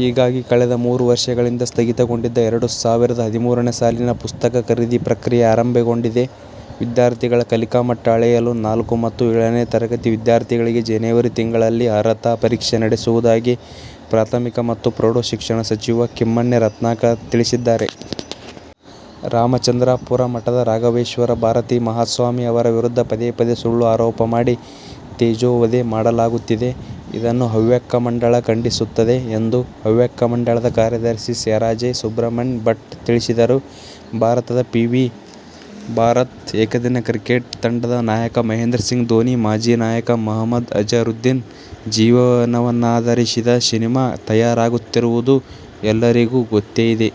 ಹೀಗಾಗಿ ಕಳೆದ ಮೂರು ವರ್ಷಗಳಿಂದ ಸ್ಥಗಿತಗೊಂಡಿದ್ದ ಎರಡು ಸಾವಿರದ ಹದಿಮೂರನೇ ಸಾಲಿನ ಪುಸ್ತಕ ಖರೀದಿ ಪ್ರಕ್ರಿಯೆ ಆರಂಭಗೊಂಡಿದೆ. ವಿದ್ಯಾರ್ಥಿಗಳ ಕಲಿಕಾ ಮಟ್ಟ ಅಳೆಯಲು ನಾಲ್ಕು ಮತ್ತು ಏಳನೇ ತರಗತಿ ವಿದ್ಯಾರ್ಥಿಗಳಿಗೆ ಜನವರಿ ತಿಂಗಳಲ್ಲಿ ಅರ್ಹತಾ ಪರೀಕ್ಷೆ ನಡೆಸುವುದಾಗಿ ಪ್ರಾಥಮಿಕ ಮತ್ತು ಪ್ರೌಢಶಿಕ್ಷಣ ಸಚಿವ ಕಿಮ್ಮನೆ ರತ್ನಾಕರ ತಿಳಿಸಿದ್ದಾರೆ. ರಾಮಚಂದ್ರಾಪುರ ಮಠದ ರಾಘವೇಶ್ವರ ಭಾರತೀ ಮಹಾಸ್ವಾಮಿ ಅವರ ವಿರುದ್ಧ ಪದೇ-ಪದೇ ಸುಳ್ಳು ಆರೋಪ ಮಾಡಿ ತೇಜೋವಧೆ ಮಾಡಲಾಗುತ್ತಿದೆ. ಇದನ್ನು ಹವ್ಯಕ ಮಂಡಲ ಖಂಡಿಸುತ್ತದೆ ಎಂದು ಹವ್ಯಕ ಮಂಡಳದ ಕಾರ್ಯದರ್ಶಿ ಸೇರಾಜೆ ಸುಬ್ರಹ್ಮಣ್ಯ ಭಟ್ ತಿಳಿಸಿದರು. ಭಾರತದ ಪಿ. ವಿ. ಭಾರತ ಏಕದಿನ ಕ್ರಿಕೆಟ್ ತಂಡದ ನಾಯಕ ಮಹೇಂದ್ರ ಸಿಂಗ್ ಧೋನಿ, ಮಾಜಿ ನಾಯಕ ಮೊಹಮ್ಮದ್ ಅಜರುದ್ದೀನ್ ಜೀವನವನ್ನಾಧರಿಸಿದ ಸಿನಿಮಾ ತಯಾರಾಗುತ್ತಿರುವುದು ಎಲ್ಲರಿಗೂ ಗೊತ್ತೇಇದೆ.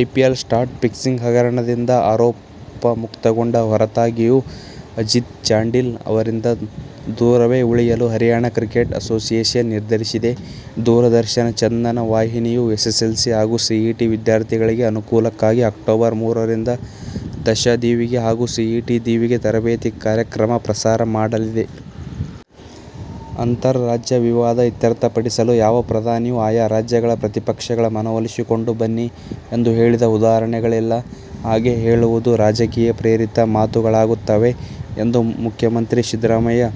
ಐಪಿಎಲ್ ಸ್ಪಾಟ್ ಫಿಕ್ಸಿಂಗ್ ಹಗರಣದಿಂದ ಆರೋಪಮುಕ್ತಗೊಂಡ ಹೊರತಾಗಿಯೂ ಅಜಿತ್ ಚಾಂಡೀಲಾ ಅವರಿಂದ ದೂರವೇ ಉಳಿಯಲು ಹರಿಯಾಣ ಕ್ರಿಕೆಟ್ ಅಸೋಸಿಯೇಷನ್ ನಿರ್ಧರಿಸಿದೆ. ದೂರದರ್ಶನ ಚಂದನ ವಾಹಿನಿಯು ಎಸ್ಸೆಸ್ಸೆಲ್ಸಿ ಹಾಗೂ ಸಿಇಟಿ ವಿದ್ಯಾರ್ಥಿಗಳಿಗೆ ಅನುಕೂಲಕ್ಕಾಗಿ ಅಕ್ಟೋಬರ್ ಮೂರರಿಂದ ದಶ ದೀವಿಗೆ ಹಾಗೂ ಸಿಇಟಿ ದೀವಿಗೆ ತರಬೇತಿ ಕಾರ್ಯಕ್ರಮ ಪ್ರಸಾರ ಮಾಡಲಿದೆ. ಅಂತರರಾಜ್ಯ ವಿವಾದ ಇತ್ಯರ್ಥಪಡಿಸಲು ಯಾವ ಪ್ರಧಾನಿಯೂ ಆಯಾ ರಾಜ್ಯಗಳ "ಪ್ರತಿಪಕ್ಷಗಳ ಮನವೊಲಿಸಿಕೊಂಡು ಬನ್ನಿ' ಎಂದು ಹೇಳಿದ ಉದಾಹರಣೆಗಳಿಲ್ಲ. ಹಾಗೆ ಹೇಳುವುದು ರಾಜಕೀಯಪ್ರೇರಿತ ಮಾತುಗಳಾಗುತ್ತವೆ ಎಂದು ಮುಖ್ಯಮಂತ್ರಿ ಸಿದ್ದರಾಮಯ್ಯ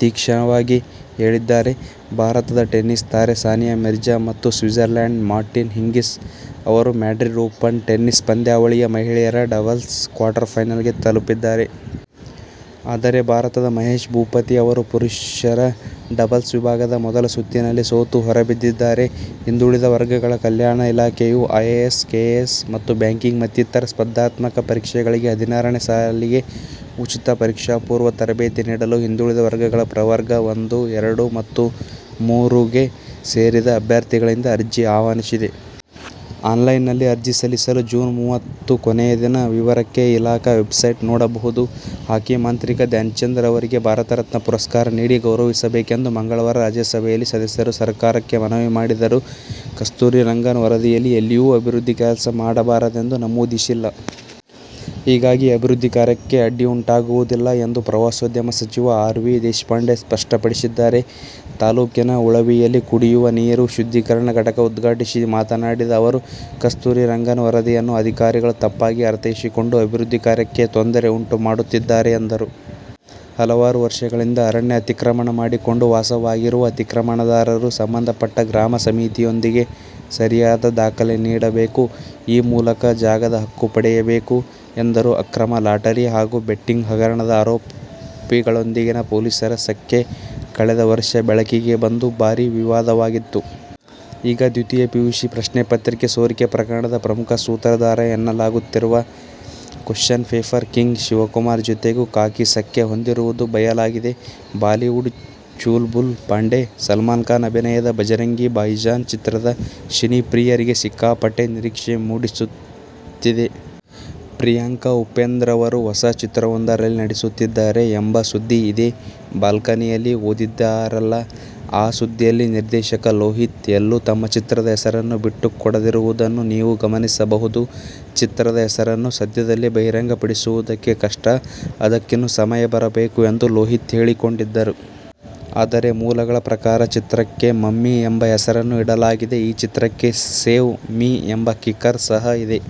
ತೀಕ್ಷ್ಣವಾಗಿ ಹೇಳಿದ್ದಾರೆ. ಭಾರತದ ಟೆನ್ನಿಸ್ ತಾರೆ ಸಾನಿಯಾ ಮಿರ್ಜಾ ಮತ್ತು ಸ್ವಿಟ್ಸರ್ಲಂಡ್ನ ಮಾರ್ಟಿನ ಹಿಂಗಿಸ್ ಅವರು ಮ್ಯಾಡ್ರಿಡ್ ಓಪನ್ ಟೆನ್ನಿಸ್ ಪಂದ್ಯಾವಳಿಯ ಮಹಿಳೆಯರ ಡಬಲ್ಸ್ ಕ್ವಾರ್ಟರ್ಫೈನಲ್ಸ್ಗೆ ತಲಪಿದ್ದಾರೆ. ಆದರೆ ಭಾರತದ ಮಹೇಶ್ ಭೂಪತಿ ಅವರು ಪುರುಷರ ಡಬಲ್ಸ್ ವಿಭಾಗದ ಮೊದಲ ಸುತ್ತಿನಲ್ಲೇ ಸೋತು ಹೊರಬಿದ್ದಿದ್ದಾರೆ. ಹಿಂದುಳಿದ ವರ್ಗಗಳ ಕಲ್ಯಾಣ ಇಲಾಖೆಯು ಐಎಎಸ್, ಕೆಎಎಸ್ ಮತ್ತು ಬ್ಯಾಂಕಿಂಗ್ ಮತ್ತಿತರ ಸ್ಪರ್ಧಾತ್ಮಕ ಪರೀಕ್ಷೆಗಳಿಗೆ ಹದಿನಾರನೇ ಸಾಲಿಗೆ ಉಚಿತ ಪರೀಕ್ಷಾಪೂರ್ವ ತರಬೇತಿ ನೀಡಲು ಹಿಂದುಳಿದ ವರ್ಗಗಳ ಪ್ರವರ್ಗ- ಒಂದು, ಎರಡು ಮತ್ತು ಮೂರು ಗೆಸೇರಿದ ಅಭ್ಯರ್ಥಿಗಳಿಂದ ಅರ್ಜಿ ಆಹ್ವಾನಿಸಿದೆ. ಆನ್ಲೈನ್ನಲ್ಲಿ ಅರ್ಜಿ ಸಲ್ಲಿಸಲು ಜೂನ್ ಮೂವತ್ತು ಕೊನೆಯ ದಿನ. ವಿವರಕ್ಕೆ ಇಲಾಖಾ ವೆಬ್ಸೈಟ್: ನೋಡಬಹುದು. ಹಾಕಿ ಮಾಂತ್ರಿಕ ಧ್ಯಾನ್ಚಂದ್ ಅವರಿಗೆ ಭಾರತ ರತ್ನ ಪುರಸ್ಕಾರ ನೀಡಿ ಗೌರವಿಸಬೇಕೆಂದು ಮಂಗಳವಾರ ರಾಜ್ಯಸಭೆಯಲ್ಲಿ ಸದಸ್ಯರು ಸರಕಾರಕ್ಕೆ ಮನವಿ ಮಾಡಿದರು. ಕಸ್ತೂರಿ ರಂಗನ್ ವರದಿಯಲ್ಲಿ ಎಲ್ಲಿಯೂ ಅಭಿವೃದ್ಧಿ ಕೆಲಸ ಮಾಡಬಾರದೆಂದು ನಮೂದಿಸಿಲ್ಲ. ಹೀಗಾಗಿ ಅಭಿವೃದ್ಧಿ ಕಾರ್ಯಕ್ಕೆ ಅಡ್ಡಿಯುಂಟಾಗುವುದಿಲ್ಲ ಎಂದು ಪ್ರವಾಸೋದ್ಯಮ ಸಚಿವ ಆರ್. ವಿ. ದೇಶಪಾಂಡೆ ಸ್ಪಷ್ಟಪಡಿಸಿ ದ್ದಾರೆ. ತಾಲೂಕಿನ ಉಳವಿಯಲ್ಲಿ ಕುಡಿಯುವ ನೀರು ಶುದ್ಧೀಕರಣ ಘಟಕ ಉದ್ಘಾಟಿಸಿ ಮಾತನಾಡಿದ ಅವರು, ಕಸ್ತೂರಿ ರಂಗನ್ ವರದಿಯನ್ನು ಅಧಿಕಾರಿಗಳು ತಪ್ಪಾಗಿ ಅರ್ಥೈಸಿಕೊಂಡು ಅಭಿವೃದ್ಧಿ ಕಾರ್ಯಕ್ಕೆ ತೊಂದರೆ ಉಂಟು ಮಾಡುತ್ತಿದ್ದಾರೆ ಎಂದರು. ಹಲವಾರು ವರ್ಷಗಳಿಂದ ಅರಣ್ಯ ಅತಿಕ್ರಮಣ ಮಾಡಿಕೊಂಡು ವಾಸವಾಗಿರುವ ಅತಿಕ್ರಮಣದಾರರು ಸಂಬಂಧಪಟ್ಟ ಗ್ರಾಮ ಸಮಿತಿಯೊಂದಿಗೆ ಸರಿಯಾದ ದಾಖಲೆ ನೀಡಬೇಕು. ಈ ಮೂಲಕ ಜಾಗದ ಹಕ್ಕು ಪಡೆಯಬೇಕು ಎಂದರು. ಅಕ್ರಮ ಲಾಟರಿ ಹಾಗೂ ಬೆಟ್ಟಿಂಗ್ ಹಗರಣದ ಆರೋಪಿಗಳೊಂದಿಗಿನ ಪೊಲೀಸರ ಸಖ್ಯ ಕಳೆದ ವರ್ಷ ಬೆಳಕಿಗೆ ಬಂದು ಭಾರೀ ವಿವಾದವಾಗಿತ್ತು. ಈಗ ದ್ವಿತೀಯ ಪಿಯುಸಿ ಪ್ರಶ್ನೆ ಪತ್ರಿಕೆ ಸೋರಿಕೆ ಪ್ರಕರಣದ ಪ್ರಮುಖ ಸೂತ್ರಧಾರ ಎನ್ನ ಲಾಗುತ್ತಿರುವ ಕ್ವಶ್ಚನ್ ಪೇಪರ್ ಕಿಂಗ್' ಶಿವಕುಮಾರ್ ಜತೆಗೂ ಖಾಕಿ ಸಖ್ಯ ಹೊಂದಿರುವುದು ಬಯಲಾಗಿದೆ. ಬಾಲಿವುಡ್ ಚುಲ್'ಬುಲ್ ಪಾಂಡೆ 'ಸಲ್ಮಾನ್ ಖಾನ್' ಅಭಿನಯದ 'ಭಜರಂಗಿ ಭಾಯಿಜಾನ್' ಚಿತ್ರ ಸಿನಿಪ್ರಿಯರಿಗೆ ಸಿಕ್ಕಾಪಟ್ಟೆ ನಿರೀಕ್ಷೆ ಮೂಡಿಸುತ್ತಿದೆ. ಪ್ರಿಯಾಂಕಾ ಉಪೇಂದ್ರ ಅವರು ಹೊಸ ಚಿತ್ರವೊಂದರಲ್ಲಿ ನಟಿಸುತ್ತಿದ್ದಾರೆ ಎಂಬ ಸುದ್ದಿ ಇದೇ ಬಾಲ್ಕನಿಯಲ್ಲಿ ಓದಿದ್ದಿರಲ್ಲಾ. ಆ ಸುದ್ದಿಯಲ್ಲಿ ನಿರ್ದೇಶಕ ಲೋಹಿತ್ ಎಲ್ಲೂ ತಮ್ಮ ಚಿತ್ರದ ಹೆಸರನ್ನು ಬಿಟ್ಟುಕೊಡದಿರುವುದನ್ನು ನೀವು ಗಮನಿಸಬಹುದು. ಚಿತ್ರದ ಹೆಸರನ್ನು ಸದ್ಯದಲ್ಲೇ ಬಹಿರಂಗಪಡಿಸುವುದಕ್ಕೆ ಕಷ್ಟ, ಅದಕ್ಕಿನ್ನೂ ಸಮಯ ಬರಬೇಕು ಎಂದು ಲೋಹಿತ್ ಹೇಳಿಕೊಂಡಿದ್ದರು. ಆದರೆ, ಮೂಲಗಳ ಪ್ರಕಾರ ಚಿತ್ರಕ್ಕೆ ಮಮ್ಮಿ ಎಂಬ ಹೆಸರನ್ನು ಇಡಲಾಗಿದೆ. ಈ ಚಿತ್ರಕ್ಕೆ ಸೇವ್ ಮಿ ಎಂಬ ಕಿಕ್ಕರ್ ಸಹ ಇದೆ.